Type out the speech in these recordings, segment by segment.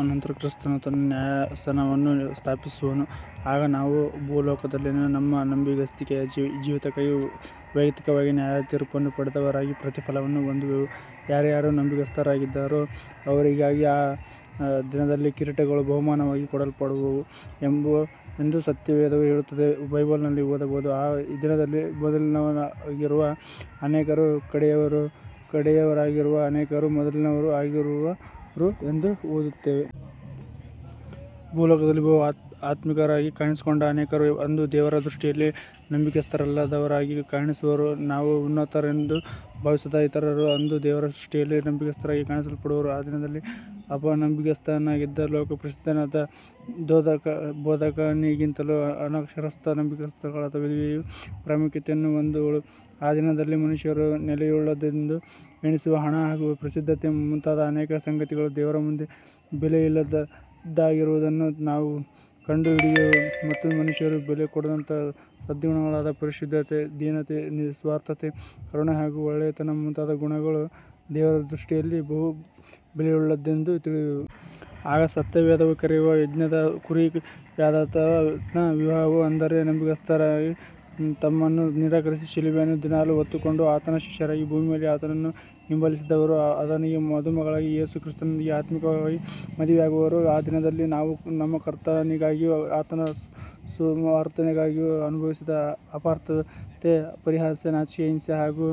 ಅನಂತರ ಕ್ರಿಸ್ತನು ತನ್ನ ನ್ಯಾಯಾಸನವನ್ನು ಸ್ಥಾಪಿಸುವನು. ಆಗ ನಾವು ಭೂಲೋಕದಲ್ಲಿನ ನಮ್ಮ ನಂಬಿಗಸ್ತಿಕೆಯ ಜೀವಿತಕ್ಕಾಗಿ ವಯಕ್ತಿಕವಾಗಿ ನ್ಯಾಯತೀರ್ಪನ್ನು ಪಡೆದವರಾಗಿ ಪ್ರತಿಫಲವನ್ನು ಹೊಂದುವೆವು. ಯಾರ್ಯಾರು ನಂಬಿಗಸ್ತರಾಗಿದ್ದಾರೋ ಅವರಿಗಾಗಿ ಆ ದಿನದಲ್ಲಿ ಕಿರೀಟಗಳು ಬಹುಮಾನವಾಗಿ ಕೊಡಲ್ಪಡುವವು ಎಂದು ಸತ್ಯವೇದವು ಹೇಳುತ್ತದೆ. ಬೈಬಲ್ ನಲ್ಲಿ ಓದಬಹುದು. "ಆ ದಿನದಲ್ಲಿ ಮೊದಲಿನವರಾಗಿರುವ ಅನೇಕರು ಕಡೆಯವರೂ, ಕಡೆಯವರಾಗಿರುವ ಅನೇಕರು ಮೊದಲಿನವರೂ ಆಗಿರುವರು ಎಂದು ಓದುತ್ತೇವೆ.. ಭೂಲೋಕದಲ್ಲಿ ಬಹು ಆತ್ಮಿಕರಾಗಿ ಕಾಣಿಸಿಕೊಂಡ ಅನೇಕರು ಅಂದು ದೇವರ ದೃಷ್ಟಿಯಲ್ಲಿ ನಂಬಿಗಸ್ತರಲ್ಲದವರಾಗಿ ಕಾಣಿಸುವರು. ನಾವು ಉನ್ನತರೆಂದು ಭಾವಿಸದ ಇತರರು ಅಂದು ದೇವರ ದೃಷ್ಟಿಯಲ್ಲಿ ನಂಬಿಗಸ್ತರಾಗಿ ಕಾಣಿಸಲ್ಪಡುವರು. ಆ ದಿನದಲ್ಲಿ ಅಪನಂಬಿಗಸ್ತನಾಗಿದ್ದ, ಲೋಕ ಪ್ರಸಿದ್ಧನಾದ ಬೋಧಕನಿಗಿಂತಲೂ, ಅನಕ್ಷರಸ್ಥ- ನಂಬಿಗಸ್ತಳಾದ ವಿಧವೆಯು ಪ್ರಾಮುಖ್ಯತೆಯನ್ನು ಹೊಂದುವಳು! ಆ ದಿನದಲ್ಲಿ ಮನುಷ್ಯರು ಬೆಲೆಯುಳ್ಳದ್ದೆಂದು ಎಣಿಸುವ ಹಣ ಹಾಗೂ ಪ್ರಸಿದ್ಧತೆ ಮುಂತಾದ ಅನೇಕ ಸಂಗತಿಗಳು ದೇವರ ಮುಂದೆ ಬೆಲೆಯಿಲ್ಲದ್ದಾಗಿರುವುದನ್ನು ನಾವು ಕಂಡು ಹಿಡಿಯುವೆವು; ಮತ್ತು ಮನುಷ್ಯರು ಬೆಲೆ ಕೊಡದಂಥ ಸದ್ಗುಣಗಳಾದ -ಪರಿಶುದ್ಧತೆ, ದೀನತೆ, ನಿಸ್ವಾರ್ಥತೆ, ಕರುಣೆ ಹಾಗು ಒಳ್ಳೆಯತನ ಮುಂತಾದ ಗುಣಗಳು ದೇವರ ದೃಷ್ಟಿಯಲ್ಲಿ ಬಹು ಬೆಲೆಯುಳ್ಳದ್ದೆಂದು ತಿಳಿಯುವೆವು. ಆಗ ಸತ್ಯವೇದವು ಕರೆಯುವ 'ಯಜ್ಞದ ಕುರಿಯಾದಾತನ ವಿವಾಹವು' ಅಂದರೆ, ನಂಬಿಗಸ್ತರಾಗಿ ತಮ್ಮನ್ನು ನಿರಾಕರಿಸಿ ಶಿಲುಬೆಯನ್ನು ದಿನಾಲು ಹೊತ್ತುಕೊಂಡು ಆತನ ಶಿಷ್ಯರಾಗಿ ಭೂಮಿಯಲ್ಲಿ ಆತನನ್ನು ಹಿಂಬಾಲಿಸಿದವರು ಆತನಿಗೆ ಮದುಮಗಳಾಗಿ ಯೇಸು ಕ್ರಿಸ್ತನೊಂದಿಗೆ ಆತ್ಮಿಕವಾಗಿ ಮದುವೆಯಾಗುವರು. ಆ ದಿನದಲ್ಲಿ ನಾವು, 'ನಮ್ಮ ಕರ್ತನಿಗಾಗಿಯೂ ಆತನ ಸುವಾರ್ತೆಗಾಗಿಯೂ ಅನುಭವಿಸಿದ ಅಪಾರ್ಥತೆ, ಪರಿಹಾಸ್ಯ, ನಾಚಿಕೆ, ಹಿಂಸೆ, ಹಾಗೂ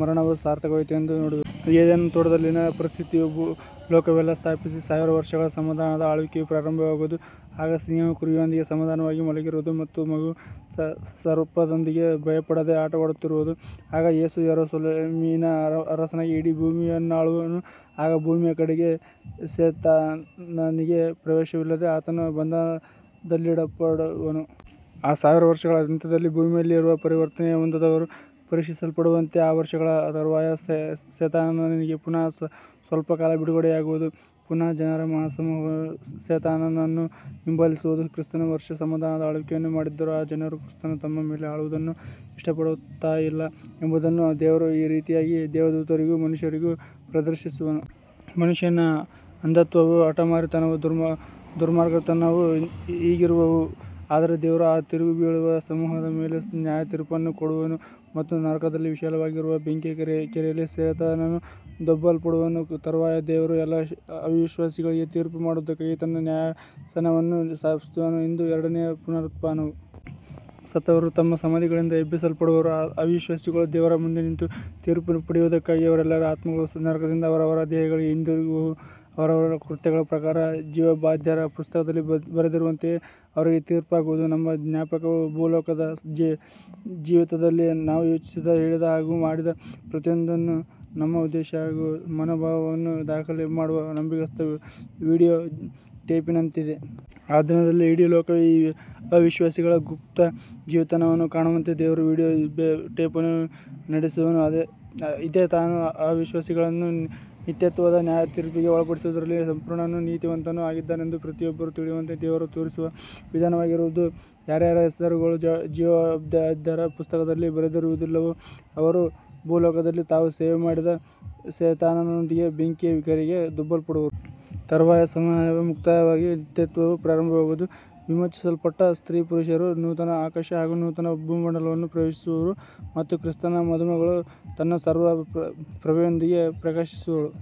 ಮರಣವು ಸಾರ್ಥಕವಾಯಿತು' ಎಂದು ನೋಡುವೆವು. ಏದೇನ್ ತೋಟದಲ್ಲಿನ ಪರಿಸ್ಥಿತಿಯು ಭೊಲೋಕವೆಲ್ಲಾ ವ್ಯಾಪಿಸಿ ಸಾವಿರ ವರ್ಷಗಳ ಸಮಾಧಾನದ ಆಳ್ವಿಕೆಯು ಪ್ರಾರಂಭವಾಗುವುದು. ಆಗ ಸಿಂಹವು ಕುರಿಯೊಂದಿಗೆ ಸಮಾಧಾನವಾಗಿ ಮಲಗಿರುವುದು ಮತ್ತು ಮಗುವು, ಸರ್ಪದೊಂದಿಗೆ ಭಯಪಡದೆ ಆಟವಾಡುತ್ತಿರುವುದು. ಆಗ ಯೇಸು ಯೆರೂಸಲೇಮಿನ ಅರಸನಾಗಿ ಇಡೀ ಭೂಮಿಯನ್ನಾಳುವನು. ಆಗ ಭೂಮಿಯ ಕಡೆಗೆ ಸೆ ತಾನನಿಗೆ ಪ್ರವೇಶವಿಲ್ಲದೆ ಆತನು ಬಂಧನದಲ್ಲಿಡಲ್ಪಡುವನು. ಆ ಸಾವಿರ ವರ್ಷಗಳ ಅಂತ್ಯದಲ್ಲಿ, ಭೂಮಿಯಲ್ಲಿರುವ ಪರಿವರ್ತನೆ ಹೊಂದದವರು ಪರೀಕ್ಷಿಸಲ್ಪಡುವಂತೆ ಆ ವರ್ಷಗಳ ತರುವಾಯ ಸೆತಾನನಿಗೆ ಪುನಃ ಸ್ವಲ್ಪ ಕಾಲ ಬಿಡುಗಡೆಯಾಗುವುದು. ಪುನಃ ಜನರ ಮಹಾ ಸಮೂಹವು ಸೆ ತಾನನನ್ನು ಹಿಂಬಾಲಿಸುವದು. ಕ್ರಿಸ್ತನು ವರ್ಷ ಸಮಾಧಾನದ ಆಳ್ವಿಕೆಯನ್ನು ಮಾಡಿದ್ದರೂ, ಆ ಜನರು ಕ್ರಿಸ್ತನು ತಮ್ಮ ಮೇಲೆ ಆಳುವುದನ್ನು ಇಷ್ಟಪಡುತ್ತಾಯಿಲ್ಲ ಎಂಬುದನ್ನು ದೇವರು ಈ ರೀತಿಯಾಗಿ ದೇವದೂತರಿಗೂ ಮನುಷ್ಯರಿಗೂ ಪ್ರದರ್ಶಿಸುವನು. ಮನುಷ್ಯನ ಅಂಧತ್ವವೂ, ಹಟಮಾರಿತನವೂ ದುರ್ಮಾರ್ಗತನವೂ ಹೀಗಿರುವುವು. ಆದರೆ ದೇವರು ಆ ತಿರುಗಿಬೀಳುವ ಸಮೂಹದ ಮೇಲೆ ನ್ಯಾಯತೀರ್ಪನ್ನು ಕೊಡುವನು. ಮತ್ತು ನರಕದಲ್ಲಿ ವಿಶಾಲವಾಗಿರುವ ಬೆಂಕಿಯ ಕೆರೆಯಲ್ಲಿ ಸೆ ತಾನನು ದೊಬ್ಬಲ್ಪಡುವನು. ತರುವಾಯ ದೇವರು ಎಲ್ಲಾ ಅವಿಶ್ವಾಸಿಗಳಿಗೆ ತೀರ್ಪು ಮಾಡುವುದಕ್ಕಾಗಿ ತನ್ನ ನ್ಯಾಯಾಸನವನ್ನು ಸ್ಥಾಪಿಸುವನು. ಇದು ಎರಡನೆಯ ಪುನರುತ್ಥಾನವು. ಸತ್ತವರು ತಮ್ಮ ಸಮಾಧಿಗಳಿಂದ ಎಬ್ಬಿಸಲ್ಪಡುವರು. ಅವಿಶ್ವಾಸಿಗಳು ದೇವರ ಮುಂದೆ ನಿಂತು ತೀರ್ಪು ಪಡೆಯುವುದಕ್ಕಾಗಿ, ಅವರೆಲ್ಲರ ಆತ್ಮಗಳು ನರಕದಿಂದ ಅವರವರ ದೇಹಗಳಿಗೆ ಹಿಂದಿರುಗುವುವು. ಅವರವರ ಕೃತ್ಯಗಳ ಪ್ರಕಾರ ಜೀವಬಾಧ್ಯರ ಪುಸ್ತಕದಲ್ಲಿ ಬರೆದಿರುವಂತೆಯೇ ಅವರಿಗೆ ತೀರ್ಪಾಗುವುದು. 'ನಮ್ಮ ಜ್ಞಾಪಕವು'- ಭೂಲೋಕದ ಜೀವಿತದಲ್ಲಿ ನಾವು ಯೋಚಿಸಿದ, ಹೇಳಿದ ಹಾಗು ಮಾಡಿದ ಪ್ರತಿಯೊಂದನ್ನೂ, ನಮ್ಮ ಉದ್ದೇಶ ಹಾಗು ಮನೋಭಾವವನ್ನೂ ದಾಖಲೆ ಮಾಡುವ ನಂಬಿಗಸ್ತ ವಿಡಿಯೋ ಟೇಪಿನಂತಿದೆ. ಆ ದಿನದಲ್ಲಿ ಇಡೀ ಲೋಕವೇ ಈ ಅವಿಶ್ವಾಸಿಗಳ ಗುಪ್ತ ಜೀವಿತವನ್ನು ಕಾಣುವಂತೆ ದೇವರು ವಿಡಿಯೋ ಟೇಪನ್ನು ನಡೆಸುವನು. ಇದೇ ತಾನು ಅವಿಶ್ವಾಸಿಗಳನ್ನು ನಿತ್ಯತ್ವದ ನ್ಯಾಯತೀರ್ಪಿಗೆ ಒಳಪಡಿಸುವುದರಲ್ಲಿ ಸಂಪೂರ್ಣನೂ, ನೀತಿವಂತನೂ ಆಗಿದ್ದಾನೆಂದು ಪ್ರತಿಯೊಬ್ಬರೂ ತಿಳಿಯುವಂತೆ ದೇವರು ತೋರಿಸುವ ವಿಧಾನವಾಗಿರುವುದು. ಯಾರ್ಯಾರ ಹೆಸರುಗಳು ಜೀವಬಾದ್ಯರ ಪುಸ್ತಕದಲ್ಲಿ ಬರೆದಿರುವುದಿಲ್ಲವೋ ಅವರು, ಭೂಲೋಕದಲ್ಲಿ ತಾವು ಸೇವೆ ಮಾಡಿದ ಸೆ ತಾನನೊಂದಿಗೆ ಬೆಂಕಿಯ ಕೆರೆಗೆ ದೊಬ್ಬಲ್ಪಡುವರು. ತರುವಾಯ ಸಮಯವು ಮುಕ್ತಾಯವಾಗಿ, ನಿತ್ಯತ್ವವು ಪ್ರಾರಂಭವಾಗುವುದು. ವಿಮೋಚಿಸಲ್ಪಟ್ಟ ಸ್ತ್ರೀ -ಪುರುಷರು ನೂತನ ಆಕಾಶ ಹಾಗು ನೂತನ ಭೂಮಂಡಲವನ್ನು ಪ್ರವೇಶಿಸುವರು ಮತ್ತು ಕ್ರಿಸ್ತನ ಮದುಮಗಳು ತನ್ನ ಸರ್ವ ಪ್ರಭೆಯೊಂದಿಗೆ ಪ್ರಕಾಶಿಸುವಳು.